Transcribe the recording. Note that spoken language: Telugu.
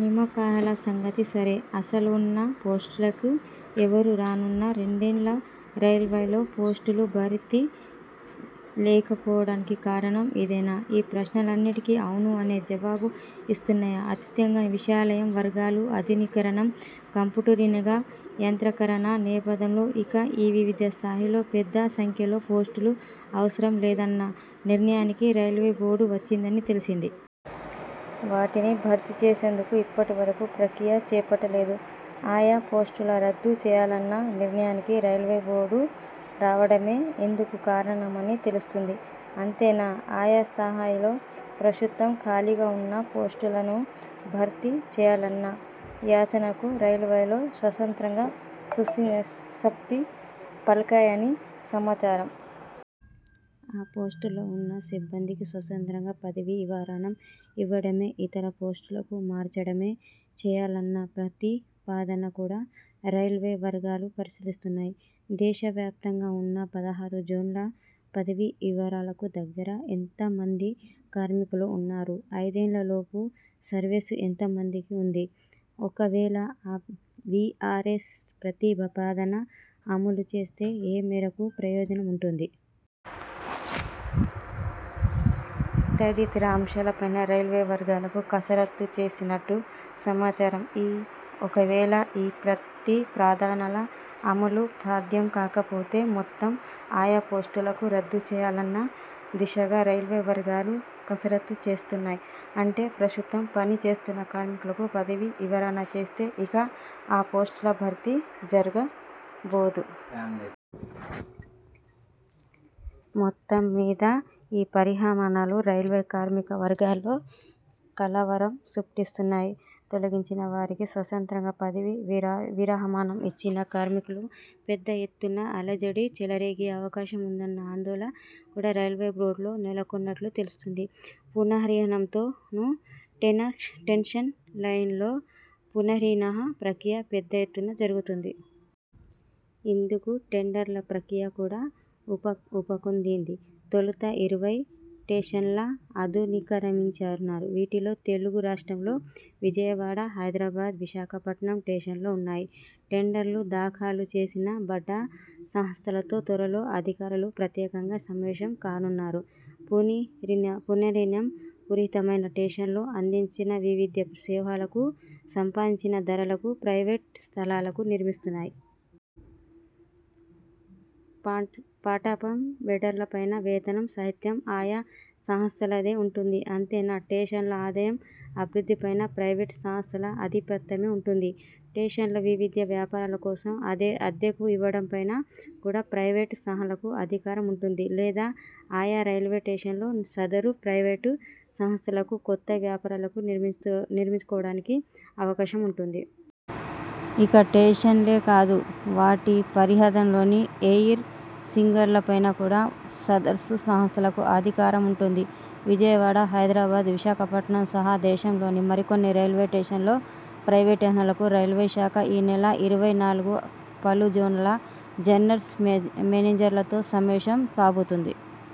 నియామకాల సంగతి సరే.. అసలు ఉన్న పోస్టులకే ఎవరు రానుందా? రెండేళ్లుగా రైల్వేల్లో పోస్టులు భర్తీ లేకపోవడానికి కారణం ఇదేనా? ఈ ప్రశ్నలన్నిటికీ 'ఔను' అనే జవాబు ఇస్తున్నాయి అత్యంత విశ్వసనీయ వర్గాలు. ఆధునీకరణ, కంప్యూటరీకరణ, యాంత్రీకరణ నేపథ్యంలో ఇక వివిధ స్థాయుల్లో పెద్ద సంఖ్యలో పోస్టులు అవసరం లేదన్న నిర్ణయానికి రైల్వే బోర్డు వచ్చిందని తెలిసింది. వాటిని భర్తీ చేసేందుకు ఇప్పటి వరకూ ప్రక్రియ చేపట్టలేదు. ఆయా పోస్టులను రద్దు చేయాలన్న నిర్ణయానికి రైల్వే బోర్డు రావడమే ఇందుకు కారణమని తెలుస్తోంది. అంతేనా, ఆయా స్థాయుల్లో ప్రస్తుతం ఖాళీగా ఉన్న పోస్టులను భర్తీ చేయాలన్న యాచనకు రైల్వేలు శాశ్వతంగా స్వస్తి పలికాయని సమాచారం. ఆ పోస్టుల్లో ఉన్న సిబ్బందికి స్వతంత్రంగా పదవీ విరమణ ఇవ్వడమో ఇతర పోస్టులకు మార్చడమో చేయాలన్న ప్రతిపాదన కూడా రైల్వే వర్గాలు పరిశీలిస్తున్నాయి. దేశవ్యాప్తంగా ఉన్న పదహారు జోన్ల పదవీ విరమణకు దగ్గరగా ఎంతమంది కార్మికులు ఉన్నారు? ఐదేళ్లలోపు సర్వీసు ఎంతమందికి ఉంది? ఒకవేళ వీఆర్ఎస్ ప్రతిపాదన అమలు చేస్తే ఏ మేరకు ప్రయోజనం ఉంటుంది? తదితర అంశాలపైన రైల్వే వర్గాలు కసరత్తు చేసినట్టు సమాచారం. ఒకవేళ ఈ ప్రతిపాదనల అమలు సాధ్యం కాకపోతే, మొత్తం ఆయా పోస్టులకు రద్దు చేయాలన్న దిశగా రైల్వే వర్గాలు కసరత్తు చేస్తున్నాయి. అంటే ప్రస్తుతం పని చేస్తున్న కార్మికులు పదవీ విరమణ చేస్తే, ఇక ఆ పోస్టుల భర్తీ జరగబోదు. మొత్తంమీద ఈ పరిణామాలు రైల్వే కార్మిక వర్గాల్లో కలవరం సృష్టిస్తున్నాయి. తొలగించినా, వారికి స్వతంత్రత పదవీ విరహమణ ఇచ్చినా కార్మికులు పెద్ద ఎత్తున అలజడి చెలరేగే అవకాశం ఉందన్న ఆందోళన కూడా రైల్వే బోర్డులో నెలకొన్నట్లు తెలుస్తోంది. పునర్నిర్మాణంతోనూ టెన్షన్ ఇంటెన్షన్ ల్లో పునర్నిర్మాణ ప్రక్రియ పెద్ద ఎత్తున జరుగుతోంది. ఇందుకు టెండర్ల ప్రక్రియ కూడా ఊపందుకుంది. తొలుత ఇరవై స్టేషన్ల ఆధునీకరించనున్నారు. వీటిలో తెలుగు రాష్ట్రాల్లో విజయవాడ, హైదరాబాద్, విశాఖపట్నం స్టేషన్లు ఉన్నాయి. టెండర్లు దాఖలు చేసిన బడా సంస్థలతో త్వరలో అధికారులు ప్రత్యేకంగా సమావేశం కానున్నారు. పునర్నిర్మాణం పూర్తైతే స్టేషన్లలో అందించే వివిధ సేవలకు సంబంధించిన ధరలను ప్రైవేటు సంస్థలే నిర్ణయిస్తాయి. పాట్ఫాం వెండర్లపై వేత్తనం సైతం ఆయా సంస్థలదే ఉంటుంది. అంతేనా, స్టేషన్ల ఆదాయం, అభివృద్ధిపైనా ప్రైవేటు సంస్థల ఆధిపత్యం ఉంటుంది. స్టేషన్లను వివిధ వ్యాపారాల కోసం అద్దెకు ఇవ్వడంపైన కూడా ప్రైవేటు సంస్థలకు అధికారం ఉంటుంది. లేదా ఆయా రైల్వే స్టేషన్లలో సదరు ప్రైవేటు సంస్థలే కొత్త వ్యాపారాలను నిర్మించుకోవడానికి అవకాశం ఉంటుంది. ఇక స్టేషన్లే కాదు వాటి పరిహధిలోని ఎయిర్ సిగ్నళ్లపై కూడా సదరు సంస్థలకు అధికారం ఉంటుంది. విజయవాడ, హైదరాబాద్, విశాఖపట్నం సహా దేశంలోని మరికొన్ని రైల్వే స్టేషన్ల ప్రైవేటీకరణకు రైల్వే శాఖ ఈనెల ఇరవై నాలుగున పలు జోన్ల జనరల్ మేనేజర్లతో సమావేశం కాబోతోంది.